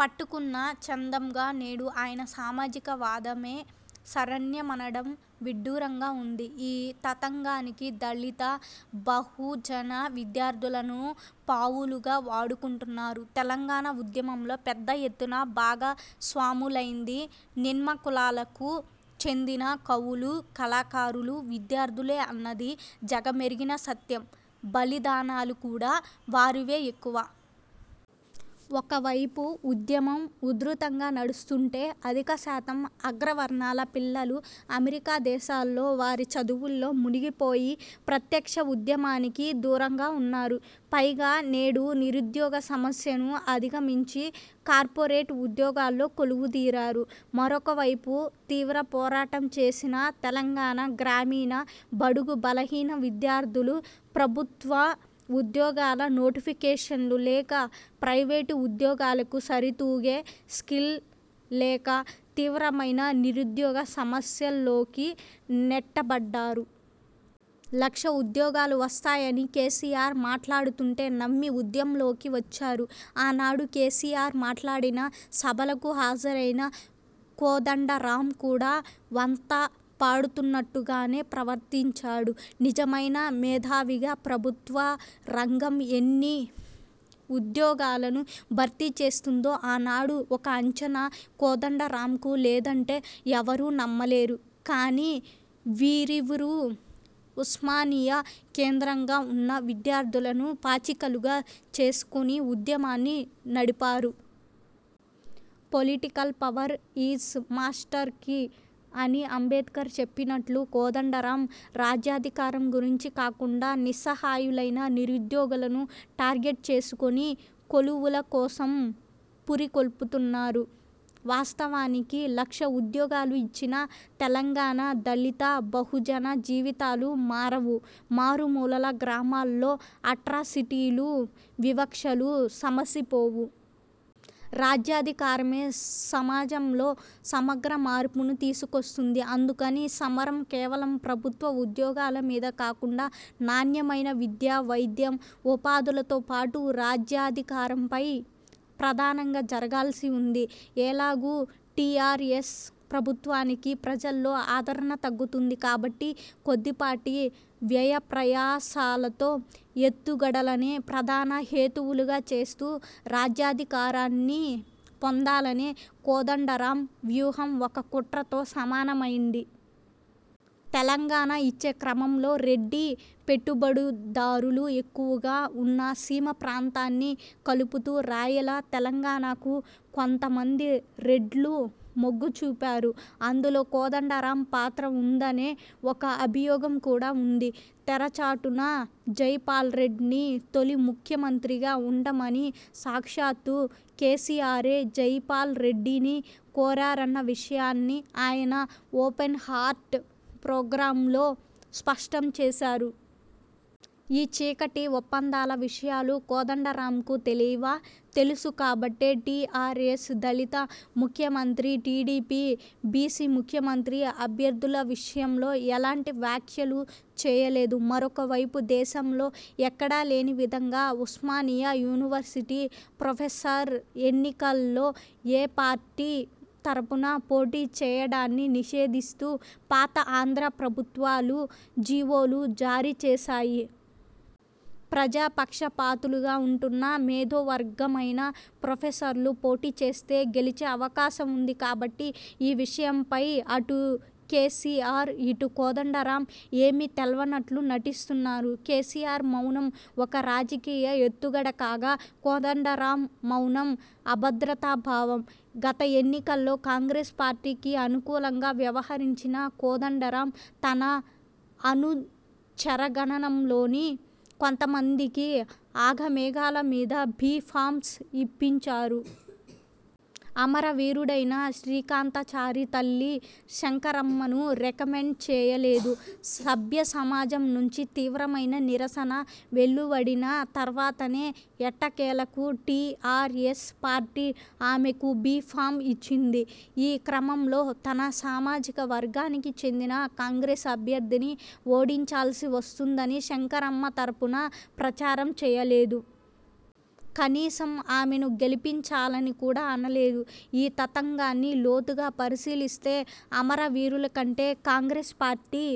పట్టుకున్న చందంగా నేడు ఆయన సామాజిక వాదమే శరణ్యమనడం విడ్డూరంగా ఉంది. ఈ తతంగానికి దళిత, బహుజన విద్యార్థులను పావులుగా వాడుకుంటున్నారు. తెలంగాణ ఉద్యమంలో పెద్ద ఎత్తున భాగస్వాములైంది నిమ్మకులాలకు చెందిన కవులు, కళాకారులు, విద్యార్థులే అన్నది జగమెరిగిన సత్యం. బలిదానాలు కూడా వారివే ఎక్కువ. ఒకవైపు ఉద్యమం ఉధృతంగా నడుస్తుంటే, అధికశాతం అగ్రవర్ణాల పిల్లలు అమెరికా దేశాల్లో వారి చదువుల్లో మునిగిపోయి ప్రత్యక్ష ఉద్యమానికి దూరంగా ఉన్నారు. పైగా నేడు నిరుద్యోగ సమస్యను అధిగమించి కార్పొరేట్ ఉద్యోగాల్లో కొలువు దీరారు. మరొకవైపు తీవ్ర పోరాటం చేసిన తెలంగాణ గ్రామీణ బడుగు, బలహీన విద్యార్థులు ప్రభుత్వ ఉద్యోగాల నోటిఫికేషన్లు లేక, ప్రైవేటు ఉద్యోగాలకు సరితూగే స్కిల్ లేక తీవ్రమైన నిరుద్యోగ సమస్యలోకి నెట్టబడ్డారు. లక్ష ఉద్యోగాలు వస్తాయని కేసీఆర్ మాట్లాడుతుంటే నమ్మి ఉద్యంలోకి వచ్చారు. ఆనాడు కేసీఆర్ మాట్లాడిన సభలకు హాజరైన కోదండరాం కూడా వంతపాడుతున్నట్టుగానే ప్రవర్తించాడు. నిజమైన మేధావిగా ప్రభుత్వ రంగం ఎన్ని ఉద్యోగాలను భర్తీ చేస్తుందో ఆనాడు ఒక అంచనా కోదండరాంకు లేదంటే ఎవరూ నమ్మలేరు. కానీ వీరిఇవురూ ఉస్మానియా కేంద్రంగా ఉన్న విద్యార్థులను పాచికలుగా చేసుకుని ఉద్యమాన్ని నడిపారు. 'Political power is master key' అని అంబేడ్కర్ చెప్పినట్లు కోదండరాం రాజ్యాధికారం గురించి కాకుండా నిస్సహాయులైన నిరుద్యోగులను టార్గెట్ చేసుకుని కొలువుల కోసం పురికొల్పుతున్నారు. వాస్తవానికి లక్ష ఉద్యోగాలు ఇచ్చినా తెలంగాణ దళిత, బహుజన జీవితాలు మారవు. మారుమూలల గ్రామాల్లో అట్రాసిటీలు, వివక్షలు సమసిపోవు. రాజ్యాధికారమే సమాజంలో సమగ్ర మార్పును తీసుకొస్తుంది. అందుకని సమరం కేవలం ప్రభుత్వ ఉద్యోగాల మీద కాకుండా నాణ్యమైన విద్య, వైద్యం, ఉపాధులతో పాటు రాజ్యాధికారంపై ప్రధానంగా జరగాల్సి ఉంది. ఎలాగూ టీఆర్ఎస్ ప్రభుత్వానికి ప్రజల్లో ఆదరణ తగ్గుతుంది కాబట్టి కొద్దిపాటి వ్యయప్రయాసలతో ఎత్తుగడలనే ప్రధాన హేతువులుగా చేస్తూ రాజ్యాధికారాన్ని పొందాలనే కోదండరాం వ్యూహం ఒక కుట్రతో సమానమైంది. తెలంగాణ ఇచ్చే క్రమంలో రెడ్డి పెట్టుబడుదారులు ఎక్కువగా ఉన్న సీమ ప్రాంతాన్ని కలుపుతూ రాయల తెలంగాణకు కొంతమంది రెడ్లు మొగ్గు చూపారు. అందులో కోదండరాం పాత్ర ఉందనే ఒక అభియోగం కూడా ఉంది. తెరచాటున జైపాల్రెడ్డిని తొలి ముఖ్యమంత్రిగా ఉండమని సాక్షాత్తూ కేసీఆరే జైపాల్ రెడ్డిని కోరారన్న విషయాన్ని ఆయన 'ఓపెన్ హార్ట్' ప్రోగ్రాంలో స్పష్టం చేశారు. ఈ చీకటి ఒప్పందాల విషయాలు కోదండరాంకు తెలివా? తెలుసు కాబట్టే టీఆర్ఎస్ దళిత ముఖ్యమంత్రి, టీడీపీ బీసీ ముఖ్యమంత్రి అభ్యర్థుల విషయంలో ఎలాంటి వ్యాఖ్యలు చేయలేదు. మరొక వైపు దేశంలో ఎక్కడా లేని విధంగా ఉస్మానియా యూవివర్సిటీ ప్రొఫెసర్ ఎన్నికల్లో ఏ పార్టీ తరఫున పోటీ చేయడాన్ని నిషేధిస్తూ పాత ఆంధ్రా ప్రభుత్వాలు జీవోలు జారీ చేసాయి. ప్రజా పక్షపాతులుగా ఉంటున్న మేధో వర్గమైన ప్రొఫెసర్లు పోటీ చేస్తే గెలిచే అవకాశం ఉంది కాబట్టి ఈ విషయంపై అటు కేసీఆర్, ఇటు కోదండరాం ఏమీ తెల్వనట్లు నటిస్తున్నారు. కేసీఆర్ మౌనం ఒక రాజకీయ ఎత్తుగడ కాగా, కోదండరాం మౌనం అభద్రతా భావం. గత ఎన్నికల్లో కాంగ్రెస్ పార్టీకి అనుకూలంగా వ్యవహరించిన కోదండరాం తన అనుచరగనణంలోని కొంతమందికి ఆగమేఘాల మీద బీ ఫామ్స్ ఇప్పించారు. అమరవీరుడైన శ్రీకాంతాచారి తల్లి శంకరమ్మను రికమెండ్ చేయలేదు. సభ్య సమాజం నుంచి తీవ్రమైన నిరసన వెలువడిన తర్వాతనే ఎట్టకేలకు టీఆర్ఎస్ పార్టీ ఆమెకు బీ ఫామ్ ఇచ్చింది. ఈ క్రమంలో తన సామాజిక వర్గానికి చెందిన కాంగ్రెస్ అభ్యర్థిని ఓడించాల్సి వస్తుందని శంకరమ్మ తరఫున ప్రచారం చేయలేదు. కనీసం ఆమెను గెలిపించాలని కూడా అనలేదు. ఈ తతంగాన్ని లోతుగా పరిశీలిస్తే అమరవీరులకంటే కాంగ్రెస్ పార్టీ